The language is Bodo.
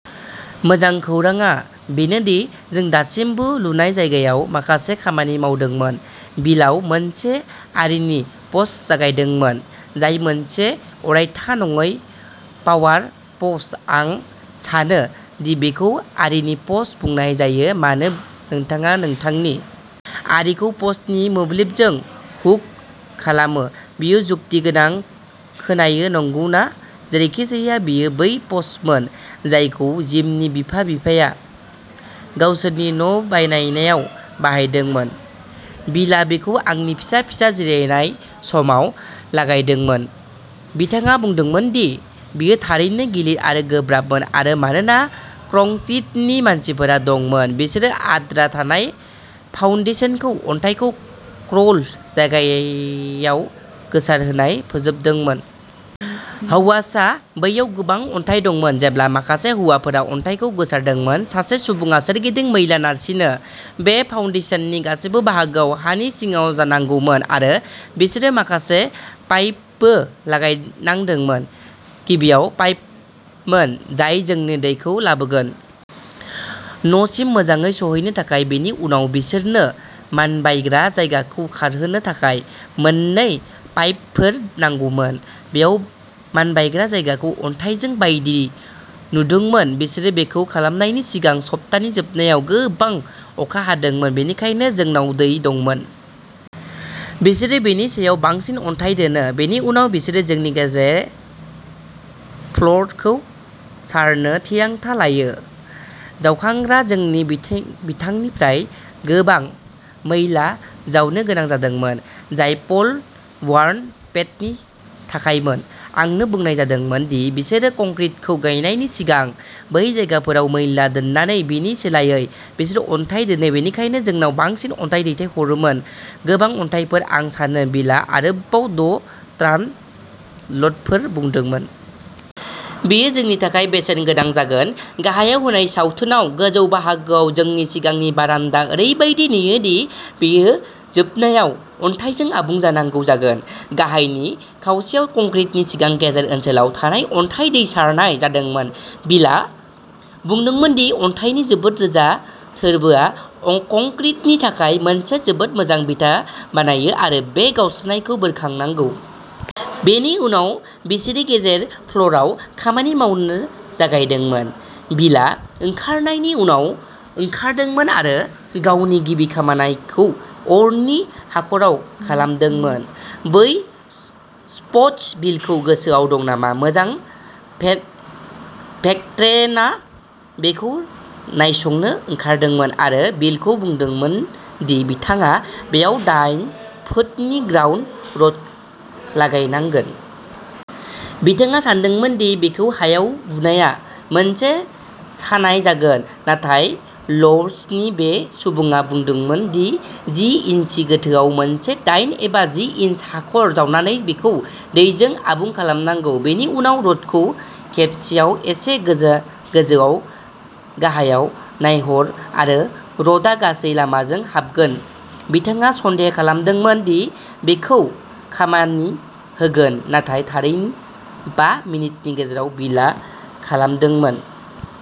मोजां खौरांआ बेनो दि जों दासिमबो लुनाय जायगायाव माखासे खामानि मावदोंमोन बिलआव मोनसे आरीनि पस्ट लागायदोंमोन जाय मोनसे अरायथा नङै पावार पस्ट आं सानो दि बेखौ आरीनि पस्ट बुंनाय जायो मानो नोंथाङा नोंथांनि आरीखौ पस्टनि मोब्लिबजों हुक खालामो बेयो जुक्तिगोनां खोनायो नंगौना जेरैखिजाया बेयो बै पस्टमोन जायखौ जिमनि बिमा बिफाया गावसोरनि न' बानायनायाव बाहायदोंमोन बिलआ बेखौ आंनि फिसा जिरायनाय समाव लागायदोंमोन बिथाङा बुंदोंमोन दि बेयो थारैनो गिलिर आरो गोब्राबमोन आरो मानोना कंक्रिटनि मानसिफोर दंमोन बिसोरो आद्रा थानाय फाउन्डेशनखौ अन्थाइखौ क्रल जायगायाव गोसारहोनानै फोजोबदोंमोन। हौवासा बैयाव गोबां अन्थाइ दंमोन जेब्ला माखासे हौवाफोरा अन्थाइखौ गोसारहोदोंमोन सासे सुबुङा सोरगिदिं मैला नारसिनो! बे फाउन्डेशननि गासैबो बाहागोआ हानि सिङाव जानांगौमोन आरो बिसोरो माखासे पाइपबो लागायनांदोंमोन गिबियाव पाइपमोन जाय जोंनि दैखौ लाबोगोन न'सिम मोजाङै सौहैनो थाखाय बेनि उनाव बिसोरनो मानबायग्रा जायगाखौ खारहोनो थाखाय मोननै पाइपफोर नांगौमोन बेयाव मानबायग्रा जायगाखौ अन्थाइजों बायदि नुदोंमोन बिसोर बेखौ खालामनायनि सिगां सप्तानि जोबनायाव गोबां अखा हादोंमोन बेनिखायनो जोंनाव दै दंमोन बिसोरो बेनि सायाव बांसिन अन्थाइ दोनो बेनि उनाव बिसोरो जोंनि गेजेर फ्ल'रखौ सारनो थिरांथा लायो जावखांग्राया जोंनि बिथानिफ्राय गोबां मैला जावनो गोनां जादोंमोन जाय प'ल बार्न पेडनि थाखायमोन आंनो बुंनाय जादोंमोन दि बिसोरो कंक्रिटखौ गायनायनि सिगां बै जायगाफोराव मैला दोनाखै बिनि सोलायै बिसोरो अन्थाइ दोनो बेनिखायनो जोंनाव बांसिन अन्थाइ दैथायहरोमोन गोबां अन्थाइफोर आं सानो बिलआ आरोबाव द' ट्रान ल'डफोर बुंदोंमोन। बेयो जोंनि थाखाय बेसेन गोनां जागोन गाहायाव होनाय सावथुनाव गोजौ बाहागोआ जोंनि सिगांनि बारान्दा ओरैबायदि नुयो दि बेयो जोबनायाव अन्थाइजों आबुं जानांगौ जागोन गाहायनि खावसेया कंक्रिटनि सिगां गेजेर ओनसोलाव थानाय अन्थाइ दै सारनाय जादोंमोन बिलआ बुंदोंमोन दि अन्थाइनि जोबोद रोजा थोरबोआ कंक्रिटनि थाखाय मोनसे जोबोद मोजां बिथा बानायो आरो बे गावस्रानायखौ बोरखांनांगौ। बेनि उनाव बिसोरो गेरेज फ्ल'रआव खामानि मावनो जागायदोंमोन। बिलआ ओंखारनायनि उनाव ओंखारदोंमोन आरो गावनि गिबि खामनायखौ अरनि हाखराव खालामदोंमोन। बै स'पस्ट बिलखौ गोसोआव दं नामा मोजां भेक्ट्रेनआ बेखौ नायसंनो ओंखारदोंमोन आरो बिलखौ बुंदोंमोन दि बिथाङा बेयाव दाइन फुटनि ग्राउन्ड रड लागायनांगोन। बिथाङा सानदोंमोन दि बेखौ हायाव बुनाया मोनसे सानाय जागोन। नाथाय ल'व्सनि बे सुबुङा बुंदोंमोन दि जि इन्सि गोथोआव मोनसे दाइन एबा जि इन्सि हाखर जावनानै बेखौ दैजों आबुं खालामनांगौ। बेनि उनाव रडखौ खेबसेआव एसे गोजौआव गाहायाव नारहर आरो रडआ गासै लामाजों हाबगोन बिथाङा सन्देह खालामदोंमोन दि बेयो खामानि होगोन नाथाय थारैनो बा मिनिटनि गेजेराव बिलआ खालामदोंमोन।